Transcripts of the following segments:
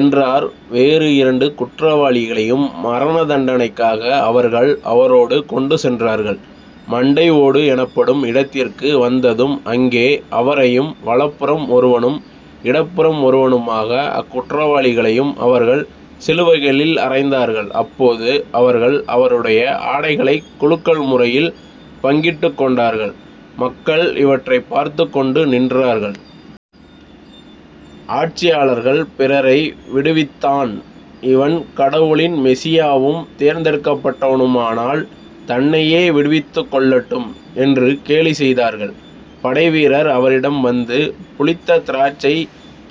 என்றார். வேறு இரண்டு குற்றவாளிகளையும் மரணதண்டனைக்காக அவர்கள் அவரோடு கொண்டுசென்றார்கள். மண்டை ஓடு எனப்படும் இடத்திற்கு வந்ததும் அங்கே அவரையும் வலப்புறம் ஒருவனும் இடப்புறம் ஒருவனுமாக அக்குற்றவாளிகளையும் அவர்கள் சிலுவைகளில் அறைந்தார்கள். அப்போது அவர்கள் அவருடைய ஆடைகளைக் குலுக்கல் முறையில் பங்கிட்டுக் கொண்டார்கள். மக்கள் இவற்றைப் பார்த்துக் கொண்டு நின்றார்கள். ஆட்சியாளர்கள் பிறரை விடுவித்தான் இவன் கடவுளின் மெசியாவும் தேர்ந்தெடுக்கப்பட்டவனுமானால் தன்னையே விடுவித்துக் கொள்ளட்டும் என்று கேலிசெய்தார்கள். படைவீரர் அவரிடம் வந்து புளித்த திராட்சை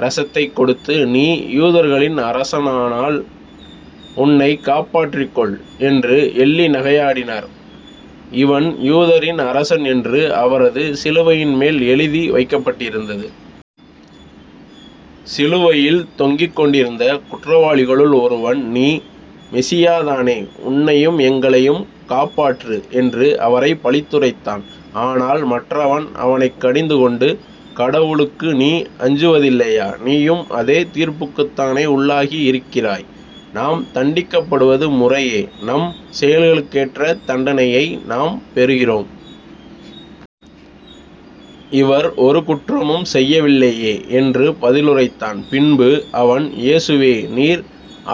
இரசத்தைக் கொடுத்து நீ யூதர்களின் அரசனானால் உன்னைக் காப்பாற்றிக் கொள் என்று எள்ளி நகையாடினர். இவன் யூதரின் அரசன் என்று அவரது சிலுவையின் மேல் எழுதி வைக்கப்பட்டிருந்தது. சிலுவையில் தொங்கிக்கொண்டிருந்த குற்றவாளிகளுள் ஒருவன் நீ மெசியாதானே உன்னையும் எங்களையும் காப்பாற்று என்று அவரைப் பழித்துரைத்தான். ஆனால் மற்றவன் அவனைக் கடிந்து கொண்டு கடவுளுக்கு நீ அஞ்சுவதில்லையா? நீயும் அதே தீர்ப்புக்குத்தானே உள்ளாகி இருக்கிறாய். நாம் தண்டிக்கப்படுவது முறையே. நம் செயல்களுக்கேற்ற தண்டனையை நாம் பெறுகிறோம். இவர் ஒரு குற்றமும் செய்யவில்லையே என்று பதிலுரைத்தான். பின்பு அவன் இயேசுவே நீர்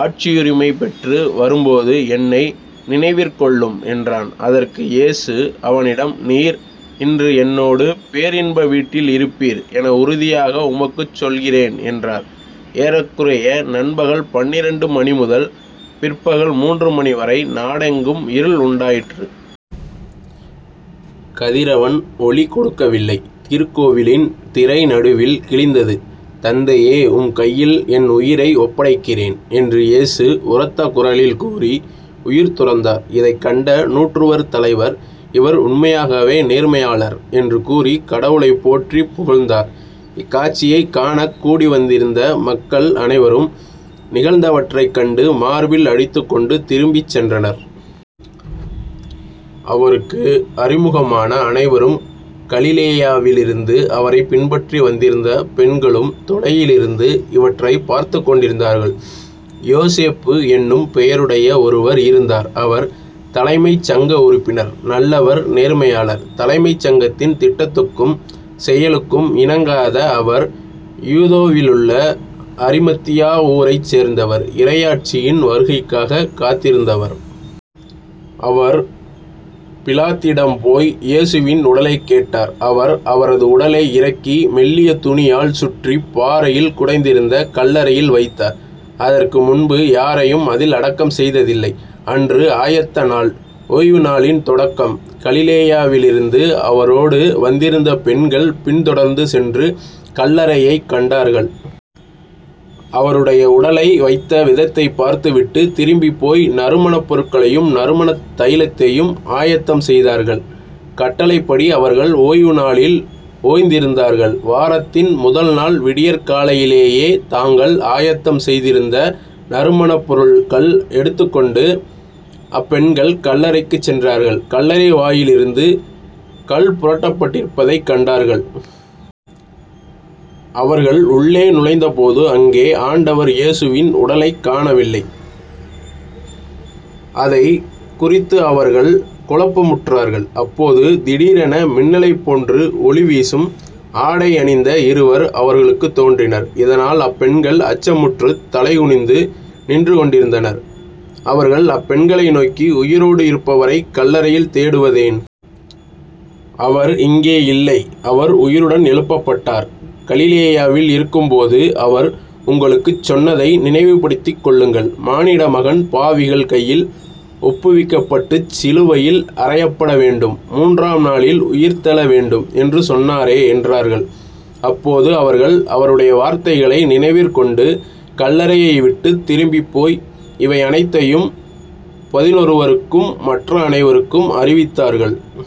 ஆட்சியுரிமை பெற்று வரும்போது என்னை நினைவிற்கொள்ளும் என்றான். அதற்கு இயேசு அவனிடம் நீர் இன்று என்னோடு பேரின்ப வீட்டில் இருப்பீர் என உறுதியாக உமக்குச் சொல்கிறேன் என்றார். ஏறக்குறைய நண்பகல் பன்னிரண்டு மணி முதல் பிற்பகல் மூன்று மணிவரை நாடெங்கும் இருள் உண்டாயிற்று. கதிரவன் ஒளி கொடுக்கவில்லை. திருக்கோவிலின் திரை நடுவில் கிழிந்தது. தந்தையே உம்கையில் என் உயிரை ஒப்படைக்கிறேன் என்று இயேசு உரத்த குரலில் கூறி உயிர் துறந்தார். இதைக் கண்ட நூற்றுவர் தலைவர் இவர் உண்மையாகவே நேர்மையாளர் என்று கூறிக் கடவுளைப் போற்றிப் புகழ்ந்தார். இக்காட்சியைக் காணக் கூடிவந்திருந்த மக்கள் அனைவரும் நிகழ்ந்தவற்றைக் கண்டு மார்பில் அடித்துக் கொண்டு திரும்பிச் சென்றனர். அவருக்கு அறிமுகமான அனைவரும் கலிலேயாவிலிருந்து அவரைப் பின்பற்றி வந்திருந்த பெண்களும் தொலையிலிருந்து இவற்றைப் பார்த்துக் கொண்டிருந்தார்கள். யோசேப்பு என்னும் பெயருடைய ஒருவர் இருந்தார். அவர் தலைமைச் சங்க உறுப்பினர் நல்லவர் நேர்மையாளர். தலைமைச் சங்கத்தின் திட்டத்துக்கும் செயலுக்கும் இணங்காத அவர் யூதேயாவிலுள்ள அரிமத்தியா ஊரைச் சேர்ந்தவர் இறையாட்சியின் வருகைக்காகக் காத்திருந்தவர். அவர் பிலாத்திடம் போய் இயேசுவின் உடலைக் கேட்டார். அவர் அவரது உடலை இறக்கி மெல்லிய துணியால் சுற்றிப் பாறையில் குடைந்திருந்த கல்லறையில் வைத்தார். அதற்கு முன்பு யாரையும் அதில் அடக்கம் செய்ததில்லை. அன்று ஆயத்த நாள். ஓய்வுநாளின் தொடக்கம். கலிலேயாவிலிருந்து அவரோடு வந்திருந்த பெண்கள் பின் தொடர்ந்து சென்று கல்லறையைக் கண்டார்கள். அவருடைய உடலை வைத்த விதத்தைப் பார்த்து விட்டு திரும்பிப் போய் நறுமணப் பொருள்களையும் நறுமணத் தைலத்தையும் ஆயத்தம் செய்தார்கள். கட்டளைப்படி அவர்கள் ஓய்வுநாளில் ஓய்ந்திருந்தார்கள். வாரத்தின் முதல் நாள் விடியற் காலையிலேயே தாங்கள் ஆயத்தம் செய்திருந்த நறுமணப் பொருள்கள் எடுத்துக் கொண்டு அப்பெண்கள் கல்லறைக்குச் சென்றார்கள் கல்லறை வாயிலிருந்து கல்புரட்டப்பட்டிருப்பதைக் கண்டார்கள். அவர்கள் உள்ளே நுழைந்தபோது அங்கே ஆண்டவர் இயேசுவின் உடலைக் காணவில்லை. அதைக் குறித்து அவர்கள் குழப்பமுற்றார்கள். அப்போது திடீரென மின்னலைப் போன்று ஒளிவீசும் ஆடை அணிந்த இருவர் அவர்களுக்குத் தோன்றினர். இதனால் அப்பெண்கள் அச்சமுற்றுத் தலைகுனிந்து நின்று கொண்டிருந்தனர். அவர்கள் அப்பெண்களை நோக்கி உயிரோடு இருப்பவரைக் கல்லறையில் தேடுவதேன்? அவர் இங்கே இல்லை. அவர் உயிருடன் எழுப்பப்பட்டார். கலிலேயாவில் இருக்கும்போது அவர் உங்களுக்குச் சொன்னதை நினைவுப்படுத்திக் கொள்ளுங்கள். மானிடமகன் பாவிகள் கையில் ஒப்புவிக்கப்பட்டுச் சிலுவையில் அறையப்படவேண்டும். மூன்றாம் நாளில் உயிர்த்தெழ வேண்டும் என்று சொன்னாரே என்றார்கள். அப்போது அவர்கள் அவருடைய வார்த்தைகளை நினைவிற்கொண்டு கல்லறையைவிட்டுத் திரும்பிப் போய் இவை அனைத்தையும் பதினொருவருக்கும் மற்ற அனைவருக்கும் அறிவித்தார்கள்.